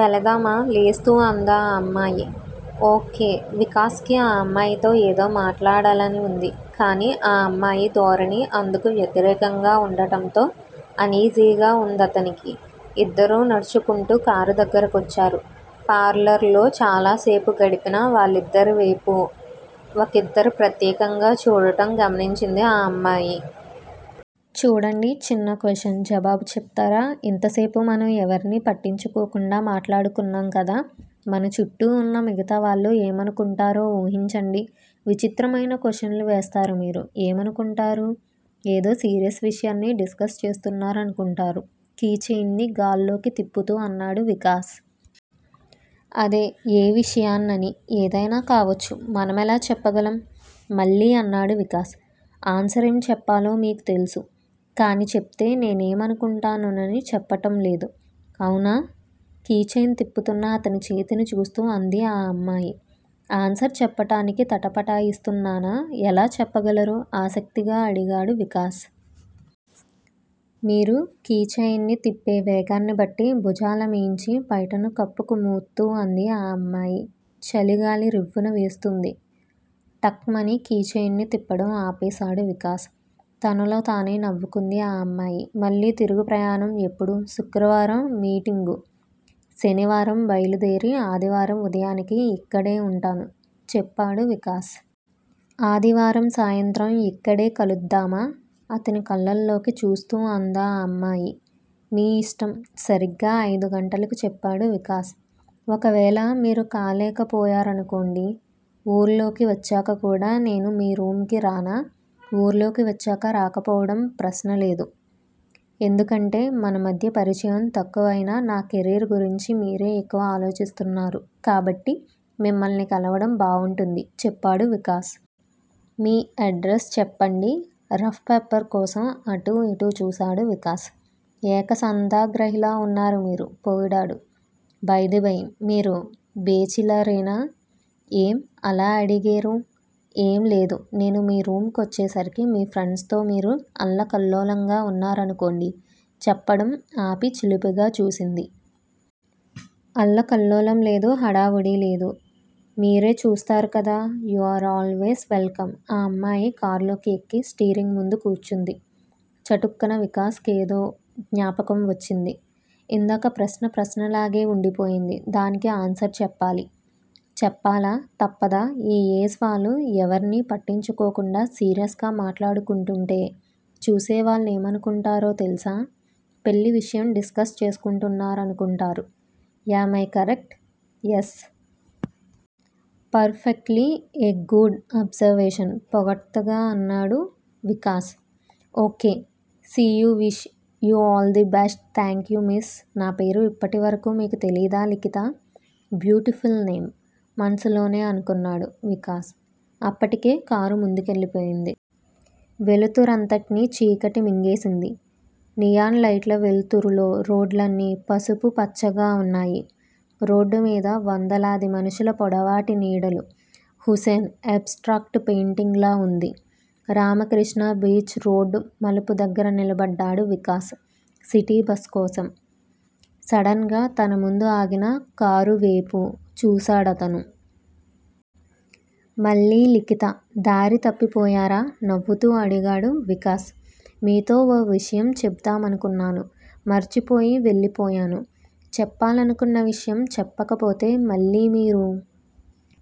వెళదామా లేస్తూ అందా అమ్మాయి. ఓ. కె. వికాస్ కి ఆ అమ్మాయితో ఏదో మాట్లాడాలని వుంది. కానీ ఆ అమ్మాయి ధోరణి అందుకు వ్యతిరేకంగా వుండడంతో అనీజీగా వుందతనికి. ఇద్దరూ నడుచుకుంటూ కారు దగ్గరకొచ్చారు. పార్లర్ లో చాలాసేపు గడిపిన వాళ్ళిద్దరివేపు ఒకరిద్దరు ప్రత్యేకంగా చూడటం గమనించింది ఆ అమ్మాయి. చూడండి చిన్న క్వశ్చన్ జవాబు చెప్తారా ఇంతసేపు మనం ఎవర్నీ పట్టించుకోకుండా మాట్లాడుకున్నాం కదా మన చుట్టూ వున్న మిగతావాళ్ళు ఏమనుకుంటారో వూహించండి విచిత్రమైన క్వశ్చన్లు వేస్తారు మీరు ఏమనుకుంటారు ఏదో సీరియస్ విషయాన్ని డిస్ కస్ చేస్తున్నారనుకుంటారు కీ చెయిన్ని గాల్లోకి తిప్పుతూ అన్నాడు వికాస్. అదే ఏ విషయాన్నని ఏదయినా కావచ్చు మనమెలా చెప్పగలం మళ్ళీ అన్నాడు వికాస్. ఆన్సరేం చెప్పాలో మీకు తెల్సు కానీ చెప్తే నేనేమనుకుంటానోనని చెప్పటం లేదు అవునా? కీ చెయిన్ తిప్పుతున్న అతని చేతిని చూస్తూ అంది ఆ అమ్మాయి. ఆన్సర్ చెప్పటానికి తటపటాయిస్తున్నానా ఎలా చెప్పగలరు ఆసక్తిగా అడిగాడు వికాస్. మీరు కీ చెయిన్ ని తిప్పే వేగాన్ని బట్టి భుజాలమీంచి పైటను కప్పుకుమ్తూ అంది ఆ అమ్మాయి చలిగాలి రివ్వున వీస్తోంది. టక్ మని కీ చెయిన్ ని తిప్పడం ఆపేశాడు వికాస్. తనలో తనే నవ్వుకుంది ఆ అమ్మాయి. మళ్ళీ తిరుగు ప్రయాణం ఎప్పుడు శుక్రవారం మీటింగు శనివారం బయలుదేరి, ఆదివారం ఉదయానికి ఇక్కడే వుంటాను చెప్పాడు వికాస్. ఆదివారం సాయంత్రం యిక్కడే కలుద్దామా అతని కళ్ళల్లోకి చూస్తూ అందా అమ్మాయి. మీ యిష్టం సరిగ్గా అయిదు గంటలకు చెప్పాడు వికాస్. ఒకవేళ మీరు కాలేకపోయారనుకొండి ఊర్లోకి వచ్చాక కూడా నేను మీ రూమ్ కి రానా వూర్లోకి వచ్చాక రాకపోవడం ప్రశ్నలేదు. ఎందుకంటే మన మధ్య పరిచయం తక్కువయినా నా కెరీర్ గురించి మీరే ఎక్కువ ఆలోచిస్తున్నారు కాబట్టి మిమ్మల్ని కలవడం బావుంటుంది చెప్పాడు వికాస్. మీ ఎడ్రస్ చెప్పండి రఫ్ పేపర్ కోసం అటూ యిటూ చూశాడు వికాస్. ఏక సంధాగ్రాహిలా వున్నారు మీరు పొగిడాడు. బైదిబై మీరు బేచిలరేనా ఏం అలా అడిగేరు? ఏం లేదు నేను మీ రూమ్ కొచ్చేసరికి మీ ఫ్రెండ్స్ తో మీరు అల్లకల్లోలంగా వున్నారనుకోండి చెప్పడం ఆపి చిలిపిగా చూసింది. అల్లకల్లోలం లేదు హడావుడీ లేదు మీరే చూస్తారు కదా you are always welcome ఆ అమ్మాయి కార్లోకి ఎక్కి, స్టీరింగ్ ముందు కూర్చుంది. చటుక్కున వికాస్ కేదో జ్ఞాపకం వచ్చింది. ఇందాక ప్రశ్న ప్రశ్నలాగే వుండిపోయింది దానికి ఆన్సర్ చెప్పాలి. చెప్పాలా తప్పదా ఈ ఏజ్ వాళ్ళు, ఎవర్నీ పట్టించుకోకుండా సీరియస్ గా మాట్లాడుకుంటుంటే, చూసేవాళ్ళేవనుకుంటారో తెల్సా పెళ్ళి విషయం డిస్ కస్ చేసుకుంటున్నారనుకుంటారు am I correct yes. Perfectly a good observation పొగడ్తగా అన్నాడు Vikas. Okay. See you wish you all the best thank you miss నా పేరు ఇప్పటివరకూ మీకు తెలీదా లిఖిత 'బ్యూటిఫుల్ నేమ్' మనసులోనే అనుకున్నాడు వికాస్. అప్పటికే కారు ముందుకెళ్ళిపోయింది. వెలుతురంతట్నీ చీకటి మింగేసింది. నియాన్ లైట్ల వెల్తురులో రోడ్లన్నీ పసుపుపచ్చగా ఉన్నాయి. రోడ్డుమీద వందలాది మనుషుల పొడవాటి నీడలు. హుసేన్ 'ఎబ్ స్ట్రాక్ట్ పెయిటింగ్'లా వుంది. రామకృష్టా బీచ్ రోడ్డు మలుపు దగ్గర నిలబడ్డాడు వికాస్ సిటీ బస్సు కోసం. సడన్ గా తన ముందు ఆగిన కారువేపు చూశాడతను. మళ్ళీ లిఖిత. దారి తప్పిపోయారా నవ్వుతూ అడిగాడు వికాస్. మీతో ఓ విషయం చెప్దామనుకున్నాను మర్చిపోయి వెళ్ళి పోయాను చెప్పాలనుకున్న విషయం చెప్పకపోతే, మళ్ళీ మీరు